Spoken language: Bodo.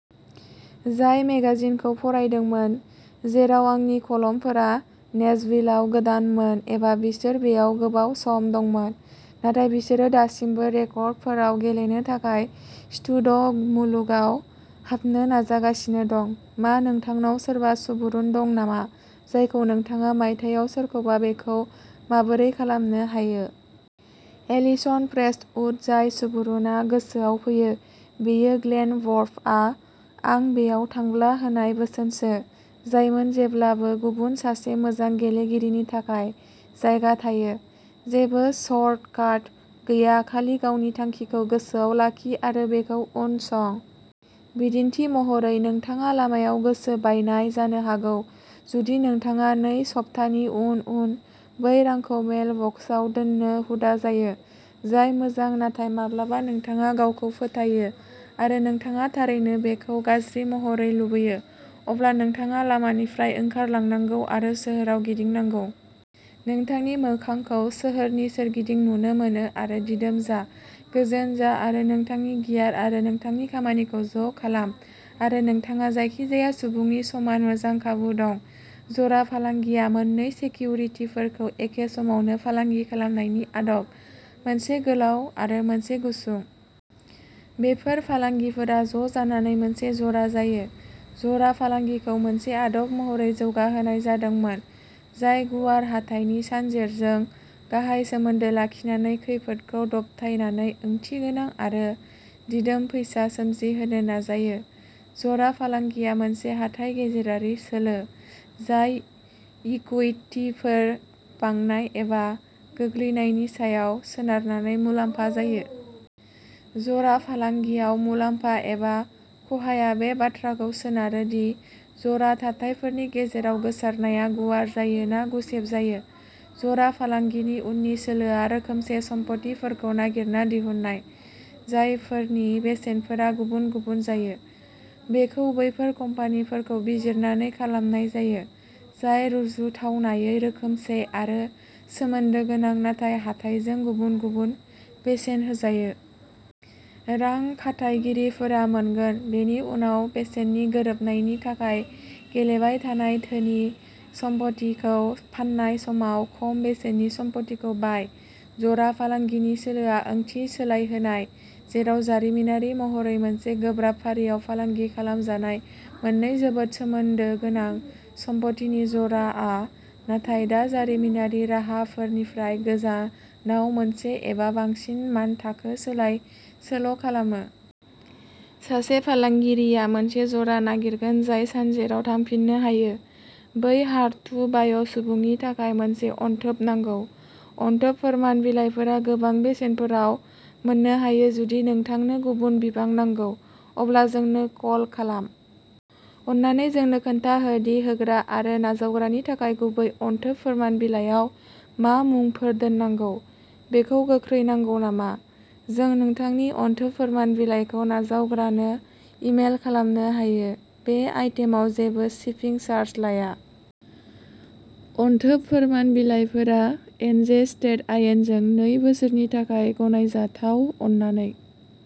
जाय मेगाजिनखौ फरायदोंमोन, जेराव आंनि कलमफोरा नेसभिलआव गोदानमोन एबा बिसोर बेयाव गोबाव सम दंमोन, नाथाय बिसोरो दासिमबो रेकर्डफोराव गेलेनो थाखाय स्टुड'मुलुगाव हाबनो नाजागासिनो दं। मा नोंथांनाव सोरबा सुबुरुन दं नामा, जायखौ नोंथाङा मायथाइयाव सोरखौबा बेखौ माबोरै खालामनो हायो? एलिसन प्रेस्टउड जाय सुबुरुनआ गोसोआव फैयो, बेयो ग्लेन वर्फआ आं बेयाव थांब्ला होनाय बोसोनसो, जायमोन जेब्लाबो गुबुन सासे मोजां गेलेगिरिनि थाखाय जायगा थायो। जेबो सर्टकाट गैया खालि गावनि थांखिखौ गोसोआव लाखि आरो बेखौ उनसं। बिदिन्थि महरै, नोंथाङा लामायाव गोसो बायनाय जानो हागौ जुदि नोंथाङा नै सप्तानि उन उन बै रांखौ मेल बक्सआव दोननो हुदा जायो, जाय मोजां नाथाय माब्लाबा नोंथाङा गावखौ फोथायो आरो नोंथाङा थारैनो बेखौ गाज्रि महरै लुबैयो, अब्ला नोंथाङा लामानिफ्राय ओंखारलांनांगौ आरो सोहोराव गिदिंनांगौ। नोंथांनि मोखांखौ सोहोरनि सोरगिदिं नुनो मोनो आरो दिदोम जा, गोजोन जा आरो नोंथांनि गियार आरो नोंथांनि खामानिखौ ज' खालाम आरो नोंथांहा जायखिजाया सुबुंनि समान मोजां खाबु दं। जरा फालांगिआ मोननै सेकिउरिटिफोरखौ एखे समावनो फालांगि खालामनायनि आदब, मोनसे गोलाव आरो मोनसे गुसुं। बेफोर फालांगिफोरा ज' जानानै मोनसे जरा जायो। जरा फालांगिखौ मोनसे आदब महरै जौगाहोनाय जादोंमोन जाय गुवार हाथाइनि सानजेरजों गाहाय सोमोन्दो लाखिनानै खैफोदखौ दबथायनानै ओंथिगोनां आरो दिदोम फैसा सोमजिहोनो नाजायो। जरा फालांगिआ मोनसे हाथाइ गेजेरारि सोलो, जाय इकुइटिफोर बांनाय एबा गोग्लैनायनि सायाव सोनारनानै मुलाम्फा जायो। जरा फालांगियाव मुलाम्फा एबा खहाया बे बाथ्राखौ सोनारो दि जरा थाथायफोरनि गेजेराव गोसारनाया गुवार जायो ना गुसेब जायो। जरा फालांगिनि उननि सोलोआ रोखोमसे सम्फथिफोरखौ नागिरना दिहुननाय, जायफोरनि बेसेनफोरा गुबुन-गुबुन जायो। बेखौ बैफोर कम्पानिफोरखौ बिजिरनानै खालामनाय जायो, जाय रुजुथावनायै रोखोमसे आरो सोमोन्दो गोनां नाथाय हाथाइजों गुबुन-गुबुन बेसेन होजायो। रां खाथायगिरिफोरा मोनगोन। बेनि उनाव बेसेननि गोरोबनायनि थाखाय गेलेबाय थानाय धोनि सम्फथिखौ फान्नाय समाव खम बेसेननि सम्फथिखौ बाय। जरा फालांगिनि सोलोआ ओंथि सोलायहोनाय। जेराव जारिमिनारि महरै मोनसे गोब्राब फारियाव फालांगि खालामजानाय मोननै जोबोद सोमोन्दो गोनां सम्फथिनि जराआ नाथाय दा जारिमिनारि राहाफोरनिफ्राय गोजानाव मोनसे एबा बांसिन मानथाखो सोलायसोल'खालामो। सासे फालांगिरिया मोनसे जरा नागिरगोन जाय सानजेराव थांफिननो हायो। बै हार्ड टु बाय' सुबुंनि थाखाय मोनसे अनथोब नांगौ? अनथोब फोरमान बिलाइफोरा गोबां बेसेनफोराव मोननो हायो जुदि नोंथांनो गुबुन बिबां नांगौ, अब्ला जोंनो कल खालाम। अननानै जोंनो खोन्था हो दि होग्रा आरो नाजावग्रानि थाखाय गुबै अनथोब फोरमान बिलाइयाव मा मुंफोर दोननांगौ। बेखौ गोख्रै नांगौ नामा? जों नोंथांनि अनथोब फोरमान बिलाइखौ नाजावग्रानो इमेल खालामनो हायो। बे आइटेमआव जेबो शिपिं चार्ज लाया। अनथोब फोरमान बिलाइफोरा एनजे स्टेट आयेनजों नै बोसोरनि थाखाय गनायजाथाव अननानै।